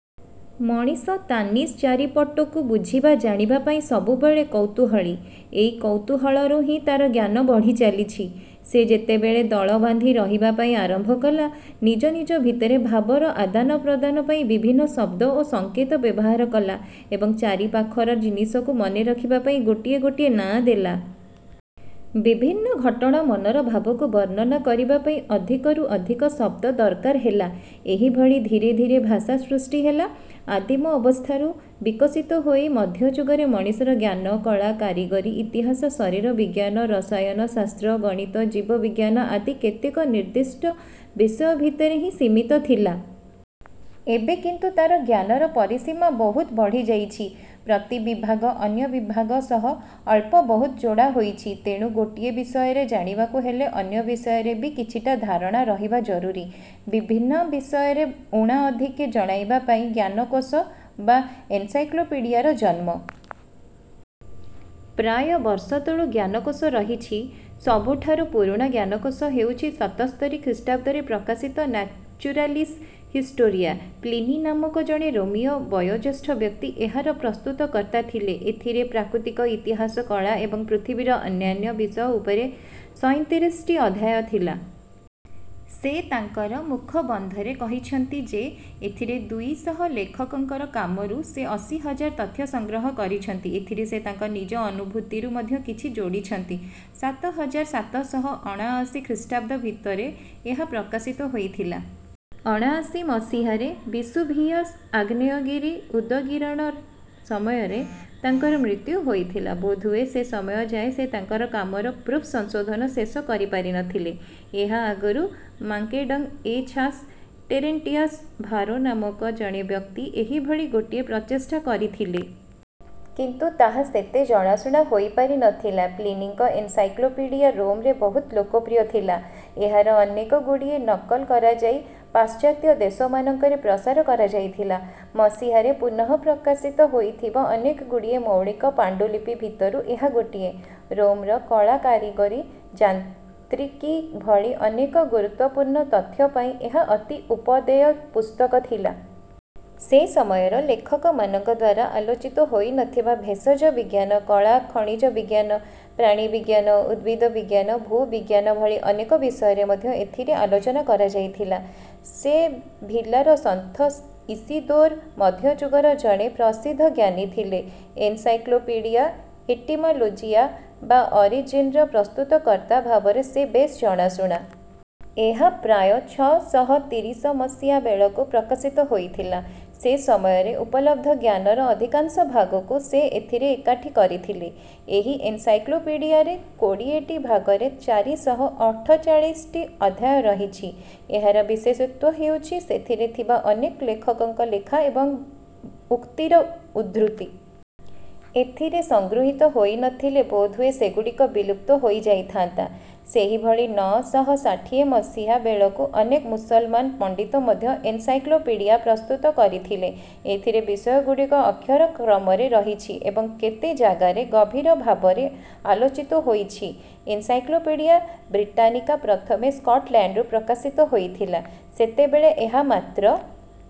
ମଣିଷ ତା ନିଜ ଚାରିପଟକୁ ବୁଝିବା ଜାଣିବା ପାଇଁ ସବୁବେଳେ କୌତୂହଳୀ। ଏଇ କୌତୂହଳରୁ ହିଁ ତାର ଜ୍ଞାନ ବଢ଼ିଚାଲିଛି। ସେ ଯେତେବେଳେ ଦଳବାନ୍ଧି ରହିବା ପାଇଁ ଆରମ୍ଭ କଲା ନିଜ ନିଜ ଭିତରେ ଭାବର ଆଦାନ ପ୍ରଦାନ ପାଇଁ ବିଭିନ୍ନ ଶବ୍ଦ ଓ ସଙ୍କେ ତ ବ୍ୟବହାର କଲା ଏବଂ ଚାରିପାଖର ଜିନିଷକୁ ମନେ ରଖିବା ପାଇଁ ଗୋଟିଏ ଗୋଟିଏ ନାଁ ଦେଲା। ବିଭିନ୍ନ ଘଟଣା ମନର ଭାବକୁ ବର୍ଣ୍ଣନ କରିବା ପାଇଁ ଅଧିକରୁ ଅଧିକ ଶବ୍ଦ ଦରକାର ହେଲା। ଏହିଭିଳି ଧୀରେ ଧୀରେ ଭାଷା ସୃଷ୍ଟି ହେଲା। ଆଦିମ ଅବସ୍ଥାରୁ ବିକଶିତ ହୋଇ ମଧ୍ୟଯୁଗରେ ମଣିଷର ଜ୍ଞାନ କଳା କାରିଗରୀ ଇତିହାସ ଶରୀର ବିଜ୍ଞାନ ରସାୟନ ଶାସ୍ତ୍ର ଗଣିତ ଜୀବ ବିଜ୍ଞାନ ଆଦି କେତେକ ନିର୍ଦ୍ଦିଷ୍ଟ ବିଷୟ ଭିତରେ ହିଁ ସୀମିତ ଥିଲା। ଏବେ କିନ୍ତୁ ତାର ଜ୍ଞାନର ପରିସୀମା ବହୁତ ବଢ଼ିଯାଇଛି। ପ୍ରତି ବିଭାଗ ଅନ୍ୟ ବିଭାଗ ସହ ଅଳ୍ପ ବହୁତ ଯୋଡ଼ା ହୋଇଛି। ତେଣୁ ଗୋଟିଏ ବିଷୟରେ ଜାଣିବାକୁ ହେଲେ ଅନ୍ୟ ବିଷୟରେ ବି କିଛିଟା ଧାରଣା ରହିବା ଜରୁରୀ। ବିଭିନ୍ନ ବିଷୟରେ ଊଣା ଅଧିକେ ଜଣାଇବା ପାଇଁ ଜ୍ଞାନକୋଷ ବା ଏନସାଇକ୍ଲୋପିଡ଼ିଆର ଜନ୍ମ। ପ୍ରାୟ ବର୍ଷ ତଳୁ ଜ୍ଞାନକୋଷ ରହିଛି। ସବୁଠାରୁ ପୁରୁଣା ଜ୍ଞାନକୋଷ ହେଉଛି ସତସ୍ତରୀ ଖ୍ରୀଷ୍ଟାବ୍ଦରେ ପ୍ରକାଶିତ ନାଚୁରାଲିସ ହିଷ୍ଟୋରିଆ। ପ୍ଲିନୀ ନାମକ ଜଣେ ରୋମୀୟ ବୟୋଜ୍ୟେଷ୍ଠ ବ୍ୟକ୍ତି ଏହାର ପ୍ରସ୍ତୁତକର୍ତ୍ତା ଥିଲେ। ଏଥିରେ ପ୍ରାକୃତିକ ଇତିହାସ କଳା ଏବଂ ପୃଥିବୀର ଅନ୍ୟାନ୍ୟ ବିଷୟ ଉପରେ ସଇଁତିରିଶଟି ଅଧ୍ୟାୟ ଥିଲା। ସେ ତାଙ୍କର ମୁଖବନ୍ଧରେ କହିଛନ୍ତି ଯେ ଏଥିରେ ଦୁଇ ଶହ ଲେଖକଙ୍କର କାମରୁ ସେ ଅଶୀ ହଜାର ତଥ୍ୟ ସଂଗ୍ରହ କରିଛନ୍ତି। ଏଥିରେ ସେ ତାଙ୍କ ନିଜ ଅନୁଭୂତିରୁ ମଧ୍ୟ କିଛି ଯୋଡ଼ିଛନ୍ତି। ସାତ ହଜାର ସାତ ଶହ ଅଣାଅଶୀ ଖ୍ରୀଷ୍ଟାବ୍ଦ ଭିତରେ ଏହା ପ୍ରକାଶିତ ହୋଇଥିଲା। ଅଣାଅଶୀ ମସିହାରେ ବିସୁଭିୟସ ଆଗ୍ନେୟଗିରି ଉଦଗିରଣ ସମୟରେ ତାଙ୍କର ମୃତ୍ୟୁ ହୋଇଥିଲା। ବୋଧହୁଏ ସେ ସମୟ ଯାଏ ସେ ତାଙ୍କ କାମର ପ୍ରୁଫ୍ ସଂଶୋଧନ ଶେଷ କରିପାରି ନ ଥିଲେ। ଏହା ଆଗରୁ ମାଙ୍କେ ଏଛାସ ଟେରେଣ୍ଟିଅସ ଭାରୋ ନାମକ ଜଣେ ବ୍ୟକ୍ତି ଏହିଭଳି ଗୋଟିଏ ପ୍ରଚେଷ୍ଟା କରିଥିଲେ। କିନ୍ତୁ ତାହା ସେତେ ଜଣାଶୁଣା ହୋଇପାରି ନ ଥିଲା। ପ୍ଲିନୀଙ୍କ ଏନସାଇକ୍ଲୋପିଡିଆ ରୋମରେ ବହୁତ ଲୋକପ୍ରିୟ ଥିଲା। ଏହାର ଅନେକଗୁଡ଼ିଏ ନକଲ କରାଯାଇ ପାଶ୍ଚାତ୍ୟ ଦେଶମାନଙ୍କରେ ପ୍ରସାର କରାଯାଇଥିଲା। ମସିହାରେ ପୁନଃ ପ୍ରକାଶିତ ହୋଇଥିବା ଅନେକଗୁଡ଼ିଏ ମୌଳିକ ପାଣ୍ଡୁଲିପି ଭିତରୁ ଏହା ଗୋଟିଏ। ରୋମର କଳା କାରିଗରୀ ଯାନ୍ତ୍ରିକୀ ଭଳି ଅନେକ ଗୁରୁତ୍ୱପୂର୍ଣ୍ଣ ତଥ୍ୟ ପାଇଁ ଏହା ଅତି ଉପାଦେୟ ପୁସ୍ତକ ଥିଲା। ସେ ସମୟର ଲେଖକମାନଙ୍କଦ୍ୱାରା ଆଲୋଚିତ ହୋଇ ନ ଥିବା ଭେଷଜ ବିଜ୍ଞାନ କଳା ଖଣିଜ ବିଜ୍ଞାନ ପ୍ରାଣିବିଜ୍ଞାନ ଉଦ୍ଭିଦ ବିଜ୍ଞାନ ଭୂବିଜ୍ଞାନ ଭଳି ଅନେକ ବିଷୟରେ ମଧ୍ୟ ଏଥିରେ ଆଲୋଚନା କରାଯାଇଥିଲା। ସେଭିଲାର ସନ୍ଥ ଇସିଦୋର ମଧ୍ୟଯୁଗର ଜଣେ ପ୍ରସିଦ୍ଧ ଜ୍ଞାନୀ ଥିଲେ। ଏନସାଇକ୍ଲୋପିଡିଆ ଏଟିମାଲୋଜିଆ ବା ଅରିଜିନର ପ୍ରସ୍ତୁତକର୍ତ୍ତା ଭାବରେ ସେ ବେଶ ଜଣାଶୁଣା। ଏହା ପ୍ରାୟ ଛଅ ଶହ ତିରିଶ ମସିହା ବେଳକୁ ପ୍ରକାଶିତ ହୋଇଥିଲା। ସେ ସମୟରେ ଉପଲବ୍ଧ ଜ୍ଞାନର ଅଧିକାଂଶ ଭାଗକୁ ସେ ଏଥିରେ ଏକାଠି କରିଥିଲେ। ଏହି ଏନସାଇକ୍ଲୋପିଡିଆରେ କୋଡ଼ିଏଟି ଭାଗରେ ଚାରି ଶହ ଅଠଚାଳିଶଟି ଅଧ୍ୟାୟ ରହିଛି। ଏହାର ବିଶେଷତ୍ୱ ହେଉଛି ସେଥିରେ ଥିବା ଅନେକ ଲେଖକଙ୍କ ଲେଖା ଏବଂ ଉକ୍ତିର ଉଦ୍ଧୃତି। ଏଥିରେ ସଂଗୃହୀତ ହୋଇ ନ ଥିଲେ ବୋଧହୁଏ ସେଗୁଡ଼ିକ ବିଲୁପ୍ତ ହୋଇଯାଇଥାନ୍ତା। ସେହିଭଳି ନଅ ଶହ ଷାଠିଏ ମସିହା ବେଳକୁ ଅନେକ ମୁସଲମାନ ପଣ୍ଡିତ ମଧ୍ୟ ଏନସାଇକ୍ଲୋପିଡ଼ିଆ ପ୍ରସ୍ତୁତ କରିଥିଲେ। ଏଥିରେ ବିଷୟଗୁଡ଼ିକ ଅକ୍ଷର କ୍ରମରେ ରହିଛି ଏବଂ କେତେ ଜାଗାରେ ଗଭୀର ଭାବରେ ଆଲୋଚିତ ହୋଇଛି। ଏନସାଇକ୍ଲୋପିଡ଼ିଆ ବ୍ରିଟାନିକା ପ୍ରଥମେ ସ୍କଟଲ୍ୟାଣ୍ଡରୁ ପ୍ରକାଶିତ ହୋଇଥିଲା। ସେତେବେଳେ ଏହା ମାତ୍ର-